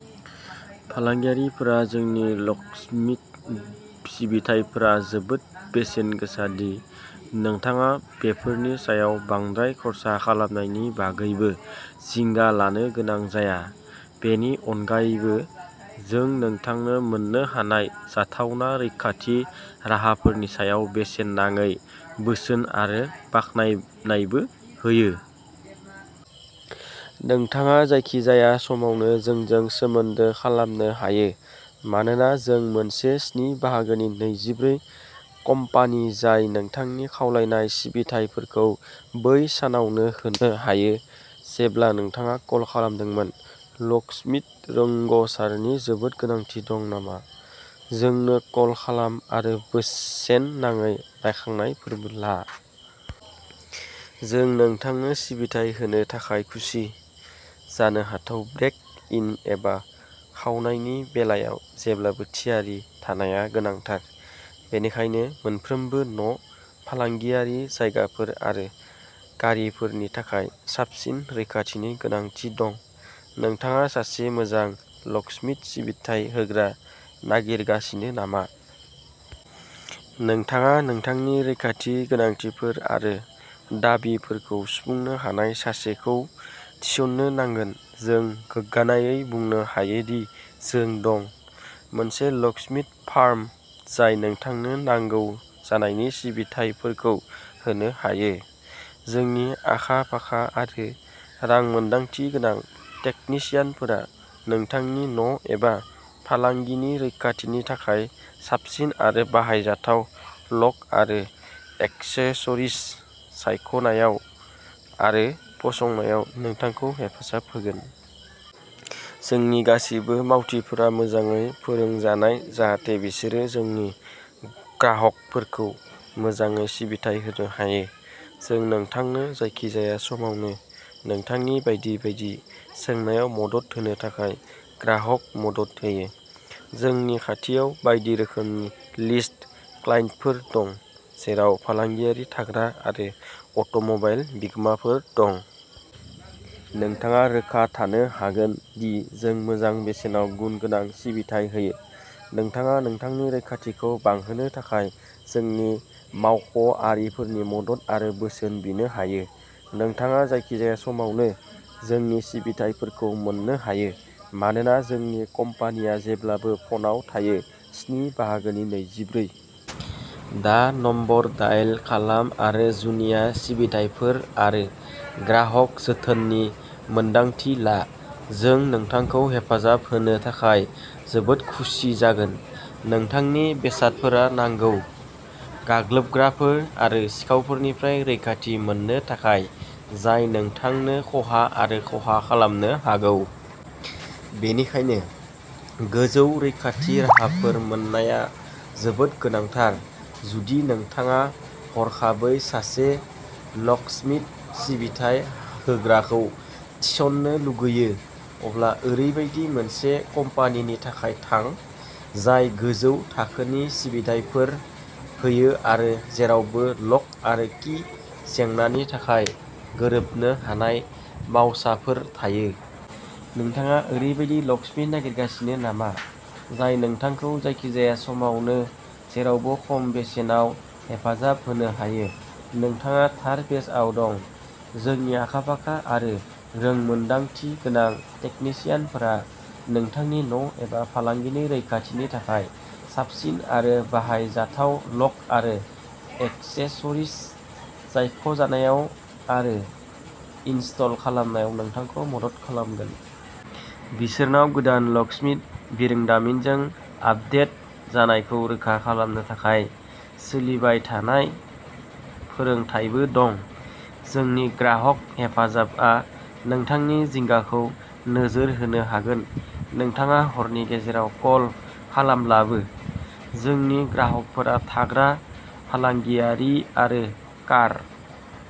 फालांगियारिफोरा जोंनि लकस्मिथ सिबिथाइफोरा जोबोद बेसेनगोसा दि नोंथाङा बेफोरनि सायाव बांद्राय खर्सा खालामनायनि बागैबो जिंगा लानो गोनां जाया। बेनि अनगायैबो, जों नोंथांनो मोननो हानाय जाथावना रैखाथि राहाफोरनि सायाव बेसेन नाङै बोसोन आरो बाखनायनायबो होयो। नोंथाङा जायखिजाया समावनो जोंजों सोमोन्दो खालामनो हायो मानोना जों मोनसे स्नि बाहागोनि नैजिब्रै कम्पानि जाय नोंथांनि खावलायनाय सिबिथाइफोरखौ बै सानावनो होनो हायो जेब्ला नोंथाङा कल खालामदोंमोन। लकस्मिथ रोंग'सारनि जोबोद गोनांथि दं नामा? जोंनो कल खालाम आरो बेसेन नाङै रायखांनायफोरबो ला। जों नोंथांनो सिबिथाइ होनो थाखाय खुसि। जानो हाथाव ब्रेक इन एबा खावनायनि बेलायाव जेब्लाबो थियारि थानाया गोनांथार। बेनिखायनो मोनफ्रोमबो न', फालांगियारि जायगाफोर आरो गारिफोरनि थाखाय साबसिन रैखाथिनि गोनांथि दं। नोंथाङा सासे मोजां लकस्मिथ सिबिथाइ होग्रा नागिरगासिनो नामा? नोंथाङा नोंथांनि रैखाथि गोनांथिफोर आरो दाबिफोरखौ सुफुंनो हानाय सासेखौ थिसननो नांगोन। जों गोग्गानायै बुंनो हायो दि जों दं। मोनसे लकस्मिथ फार्म जाय नोंथांनो नांगौ जानाय सिबिथायफोरखौ होनो हायो। जोंनि आखा-फाखा आरो रोंमोन्दांथिगोनां टेकनिसियानफोरा नोंथांनि न' एबा फालांगिनि रैखाथिनि थाखाय साबसिन आरो बाहायजाथाव लक आरो एक्सेसरिज सायख'नायाव आरो फसंनायाव नोंथांखौ हेफाजाब होगोन। जोंनि गासैबो मावथिफोरा मोजाङै फोरोंजानाय जाहाथे बिसोरो जोंनि ग्राहकफोरखौ मोजाङै सिबिथाइ होनो हायो। जों नोंथांनो जायखिजाया समावनो नोंथांनि बायदि बायदि सोंनायाव मदद होनो थाखाय ग्राहक मदद होयो। जोंनि खाथियाव बायदि रोखोमनि लिस्ट क्लाइन्टफोर दं, जेराव फालांगियारि, थाग्रा आरो अट'मबाइल बिगोमाफोर दं। नोंथाङा रोखा थानो हागोन दि जों मोजां बेसेनाव गुनगोनां सिबिथाय होयो। नोंथाङा नोंथांनि रैखाथिखौ बांहोनो थाखाय जोंनि मावख'आरिफोरनि मदद आरो बोसोन बिनो हायो। नोंथाङा जायखिजाया समावनो जोंनि सिबिथाइफोरखौ मोन्नो हायो मानोना जोंनि कम्पानिया जेब्लाबो फ'नाव थायो स्नि बाहागोनि नैजिब्रै। दा नम्बर डायेल खालाम आरो जुनिया सिबिथाइफोर आरो ग्राहक जोथोननि मोन्दांथि ला। जों नोंथांखौ हेफाजाब होनो थाखाय जोबोद खुसि जागोन। नोंथांनि बेसादफोरा नांगौ। गाग्लोबग्राफोर आरो सिखावफोरनिफ्राय रैखाथि मोननो थाखाय, जाय नोंथांनो खहा आरो खहा खालामनो हागौ। बेनिखायनो, गोजौ रैखाथि राहाफोर मोननाया जोबोद गोनांथार। जुदि नोंथाङा हरखाबै सासे लकस्मिथ सिबिथाइ होग्राखौ थिसननो लुगैयो, अब्ला ओरैबायदि मोनसे कम्पानिनि थाखाय थां, जाय गोजौ थाखोनि सिबिथाइफोर होयो आरो जेरावबो लक आरो कि जेंनानि थाखाय गोरोबनो हानाय मावसाफोर थायो। नोंथाङा ओरैबायदि लकस्मिथ नागिरगासिनो नामा, जाय नोंथांखौ जायखिजाया समावनो, जेरावबो खम बेसेनाव हेफाजाब होनो हायो? नोंथाङा थार पेजआव दं। जोंनि आखा-फाखा आरो रोंमोन्दांथि गोनां टेकनिसियानफोरा नोंथांनि न' एबा फालांगिनि रैखाथिनि थाखाय साबसिन आरो बाहायजाथाव लक आरो एक्सेसरिज सायख'नायाव आरो इनस्टल खालामनायाव नोंथांखौ मदद खालामगोन। बिसोरनाव गोदान लकस्मिथ बिरोंदामिनजों आपदेट जानायखौ रोखा खालामनो थाखाय सोलिबाय थानाय फोरोंथायबो दं। जोंनि ग्राहक हेफाजाबआ नोंथांनि जिंगाखौ नोजोर होनो हागोन, नोंथाङा हरनि गेजेराव कल खालामब्लाबो। जोंनि ग्राहकफोरा थाग्रा, फालांगियारि आरो कार।